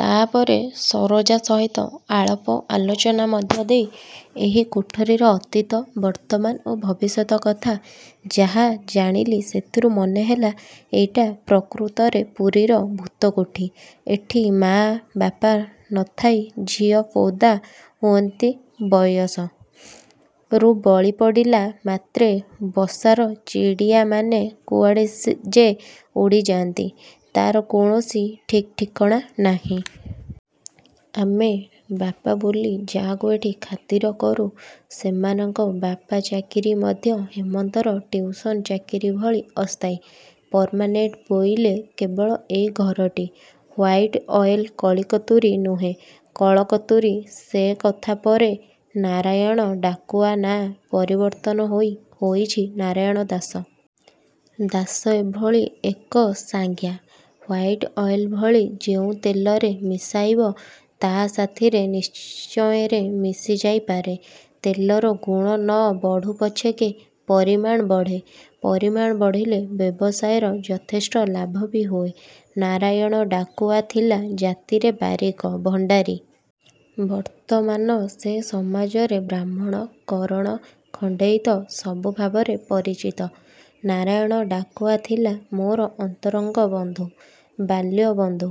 ତାପରେ ସରୋଜା ସହିତ ଆଳାପ ଆଲୋଚନା ମଧ୍ୟ ଦେଇ ଏହି କୋଠିର ଅତୀତ, ବର୍ତ୍ତମାନ ଓ ଭବିଷତ୍ କଥା ଯାହା ଜାଣିଲି ସେଥିରୁ ମନେହେଲା, ଏଇଟା ପ୍ରକୃତରେ ପୁରୀର ଭୂତ କୋଠି। ଏଠି ମା'ବାପା ନ ଥାଇ ଝିଅ ପୈଦା ହୁଅନ୍ତି ବୟସ। ରୁ ବଳି ପଡ଼ିଲା ମାତ୍ରେ ବସାର ଚିଡ଼ିଆମାନେ କୁଆଡ଼େ ଯେ ଉଡ଼ିଯାଆନ୍ତି, ତାର କୌଣସି ଠିକ୍ ଠିକଣା ନାହିଁ। ଆମେ ବାପା ବୋଲି ଯାହାକୁ ଏଠି ଖାତିର କରୁ, ସେମାନଙ୍କ ବାପାଚାକିରି ମଧ୍ୟ ହେମନ୍ତର ଟ୍ୟୁସନ ଚାକିରି ଭଳି ଅସ୍ଥାୟୀ। ପର୍ମାନେଣ୍ଟ ବୋଇଲେ କେବଳ ଏଇ ଘରଟି। ହ୍ୱାଇଟ୍ ଅଏଲ କଳି କତୁରୀ ନୁହେଁ, କଳ କତୁରୀ। ସେ କଥା ପରେ….. ନାରାୟଣ ଡାକୁଆ ନାଁ ପରିବର୍ତ୍ତନ ହୋଇ ହୋଇଚି ନାରାୟଣ ଦାସ। ଦାସ ଏଭଳି ଏକ ସାଜ୍ଞା, ହ୍ୱାଇଟ୍ ଅଏଲ ଭଳି ଯେଉଁ ତେଲରେ ମିଶାଇବ, ତା ସାଥିରେ ନିଶ୍ଚିନ୍ତରେ ମିଶି ଯାଇପାରେ। ତେଲର ଗୁଣ ନ ବଢ଼ୁ ପଛକେ, ପରିମାଣ ବଢ଼େ, ପରିମାଣ ବଢ଼ିଲେ, ବ୍ୟବସାୟୀର ଯଥେଷ୍ଟ ଲାଭ ବି ହୁଏ। ନାରାୟଣ ଡାକୁଆ ଥିଲା ଜାତିରେ ବାରିକ, ଭଣ୍ଡାରୀ। ବର୍ତ୍ତମାନ ସେ ସମାଜରେ ବ୍ରାହ୍ମଣ, କରଣ, ଖଣ୍ଡେଇତ ସବୁ ଭାବରେ ପରିଚିତ। ନାରାୟଣ ଡାକୁଆ ଥିଲା ମୋର ଅନ୍ତରଙ୍ଗ ବନ୍ଧୁ। ବାଲ୍ୟବନ୍ଧୁ।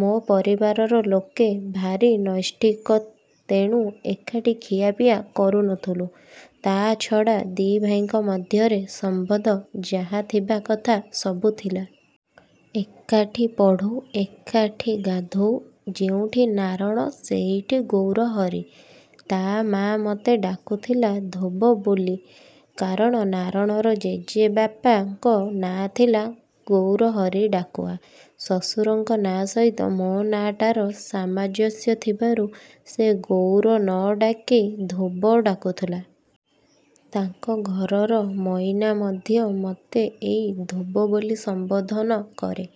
ମୋ ପରିବାରର ଲୋକେ ଭାରି ନୈଷ୍ଠିକ ତେଣୁ ଏକାଠି ଖିଆପିଆ କରୁ ନଥିଲୁ, ତା ଛଡ଼ା ଦି ଭାଇଙ୍କ ମଧ୍ୟରେ ସମ୍ବନ୍ଧ ଯାହା ଥିବା କଥା, ସବୁଥିଲା। ଏକାଠି ପଢ଼ୁ, ଏକାଠି ଗାଧୋଉ—ଯେଉଁଠି ନାରଣ ସେଇଠି ଗୌରହରି। ତା ମା' ମତେ ଡାକୁଥିଲା 'ଧୋବ' ବୋଲି। କାରଣ ନାରାଣର ଜେଜପା ଙ୍କ ନାଁ ଥିଲା ଗୌରହରି ଡାକୁଆ। ଶ୍ୱଶୁରଙ୍କ ନାଁ ସହିତ ମୋ ନାଁଟାର ସାମଂଜସ୍ୟ ଥିବାରୁ ସେ ଗୌର ନ ଡାକି 'ଧୋବ' ଡାକୁଥିଲା। ତାଙ୍କ ଘରର ମଇନା ମଧ୍ୟ ମତେ ଏଇ 'ଧୋବ' ବୋଲି ସମ୍ବୋଧନ କରେ।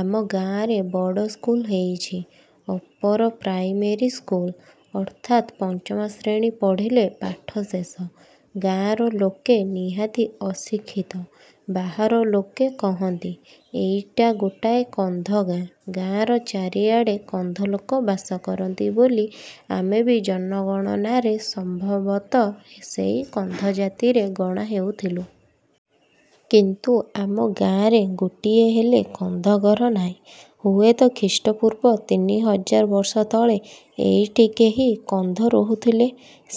ଆମ ଗାଁରେ ବଡ଼ ସ୍କୁଲ ହେଉଚି, ଅପରପ୍ରାଇମେରୀ ସ୍କୁଲ, ଅର୍ଥାତ୍ ପଞ୍ଚମ ଶ୍ରେଣୀ ପଢ଼ିଲେ ପାଠ ଶେଷ। ଗାଁର ଲୋକେ ନିହାତି ଅଶିକ୍ଷିତ। ବାହାର ଲୋକେ କହନ୍ତି, ଏଇଟା ଗୋଟାଏ କନ୍ଧ ଗାଁ—ଗାଁର ଚାରିଆଡ଼େ କନ୍ଧଲୋକ ବାସ କରନ୍ତି ବୋଲି, ଆମେବି ଜନଗଣନାରେ ସଂଭବତଃ ସେଇ କନ୍ଧ ଜାତିରେ ଗଣା ହେଉଥିଲୁ। କିନ୍ତୁ ଆମ ଗାଁରେ ଗୋଟିଏ ହେଲେ କନ୍ଧ ଘର ନାହିଁ। ହୁଏତ ଖ୍ରୀଷ୍ଟପୂର୍ବ ତିନି ହଜାର ବର୍ଷ ତଳେ ଏଇଠି କେହି କନ୍ଧ ରହୁଥିଲେ,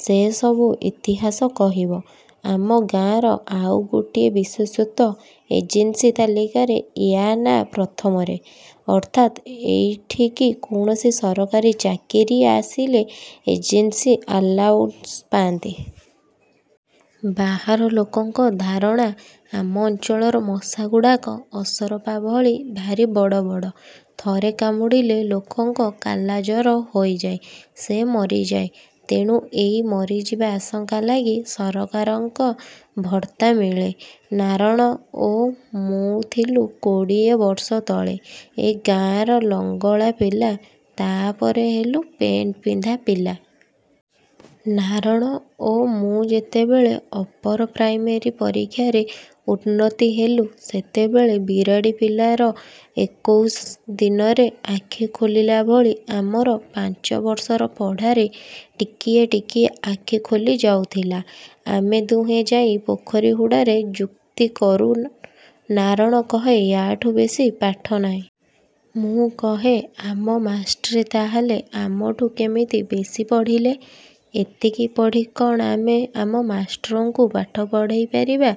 ସେ ସବୁ ଇତିହାସ କହିବ। ଆମ ଗାଁର ଆଉ ଗୋଟିଏ ବିଶେଷତ୍ୱ—ଏଜେନ୍ସି ତାଲିକାରେ ୟା ନାଁ ପ୍ରଥମରେ। ଅର୍ଥାତ୍ ଏଠିକି କୌଣସି ସରକାରୀ ଚାକିରିଆ ଆସିଲେ, ଏଜେନ୍ସି ଆଲାଉନସ୍ ପାଆନ୍ତି। ବାହାର ଲୋକଙ୍କ ଧାରଣା, ଆମ ଅଞ୍ଚଳର ମଶାଗୁଡ଼ାକ ଅସରପା ଭଳି ଭାରି ବଡ଼ ବଡ଼। ଥରେ କାମୁଡ଼ିଲେ ଲୋକଙ୍କ 'କାଲାଜର' ହୋଇଯାଏ, ସେ ମରିଯାଏ। ତେଣୁ ଏଇ ମରିଯିବା ଆଶଙ୍କା ଲାଗି ସରକାରଙ୍କ ଭତ୍ତା ମିଳେ। ନାରଣ ଓ ମୁଁ ଥିଲୁ କୋଡ଼ିଏ ବର୍ଷ ତଳେ ଏ ଗାଁର ଲଙ୍ଗଳା ପିଲା, ତାପରେ ହେଲୁ ପେଣ୍ଟ ପିନ୍ଧା ପିଲା। ନାରଣ ଓ ମୁଁ ଯେତେବେଳେ ଅପରପ୍ରାଇମେରୀ ପରୀକ୍ଷାରେ ଉତ୍ତୀର୍ଣ୍ଣ ହେଲୁ, ସେତେବେଳେ, ବିରାଡ଼ି ପିଲାର ଏକୋଇଶ ଦିନରେ ଆଖିଖୋଲିଲାଭଳି ଆମର ପାଞ୍ଚ ବର୍ଷର ପଢ଼ାରେ, ଟିକିଏ ଟିକିଏ ଆଖି ଖୋଲି ଯାଇଥିଲା। ଆମେ ଦୁହେଁ ଯାଇ ପୋଖରୀ ହୁଡ଼ାରେ ଯୁକ୍ତି କରୁ—ନାରଣ କହେ ୟାଠୁ ବେଶୀ ପାଠ ନାହିଁ। ମୁଁ କହେ, ଆମ ମାଷ୍ଟ୍ରେ ତାହାହେଲେ ଆମଠୁ କିମିତି ବେଶୀ ପଢ଼ିଲେ? ଏତିକି ପଢ଼ି କ'ଣ ଆମେ ଆମ ମାଷ୍ଟ୍ରଙ୍କୁ ପାଠ ପଢ଼େଇ ପାରିବା?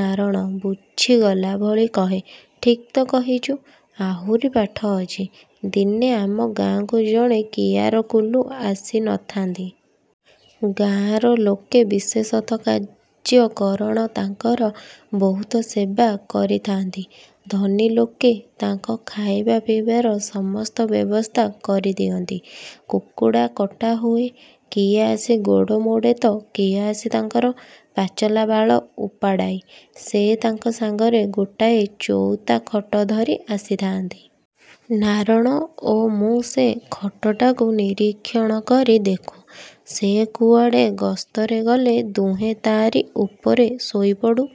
ନାରଣ ବୁଝିଗଲା ଭଳି କହେ, ଠିକ୍ ତ କହିଚୁ। ଆହୁରି ପାଠ ଅଛି। ଦିନେ ଆମ ଗାଁକୁ ଜଣେ କିଆରକୁଲୁ ଆସି ନଥାନ୍ତି। ଗାଁର ଲୋକେ ବିଶେଷତଃ କାର୍ଯୀ, କରଣ ତାଙ୍କର ବହୁତ ସେବା କରି ଥାଆନ୍ତି।। ଧନୀଲୋକେ, ତାଙ୍କ ଖଆଇବା ପିଇବାର ସମସ୍ତ ବ୍ୟବସ୍ଥା କରି ଦିଅନ୍ତି। କୁକୁଡ଼ା କଟାହୁଏ। କିଏ ଆସି ଗୋଡ଼ ମୋଡ଼େତ, କିଏ ଆସି ତାଙ୍କର ପାଚଲା ବାଳ ଉପୁଡ଼ାଏ। ସେ ତାଙ୍କ ସାଙ୍ଗରେ ଗୋଟାଏ ଚଉତା ଖଟ ଧରି ଆସିଥାଆନ୍ତି। ନାରଣ ଓ ମୁଁ ସେ ଖଟଟାକୁ ନିରୀକ୍ଷଣ କରି ଦେଖୁ। ସେ କୁଆଡ଼େ ଗସ୍ତରେ ଗଲେ ଦୁହେଁ ତାରି ଉପରେ ଶୋଇପଡ଼ୁ।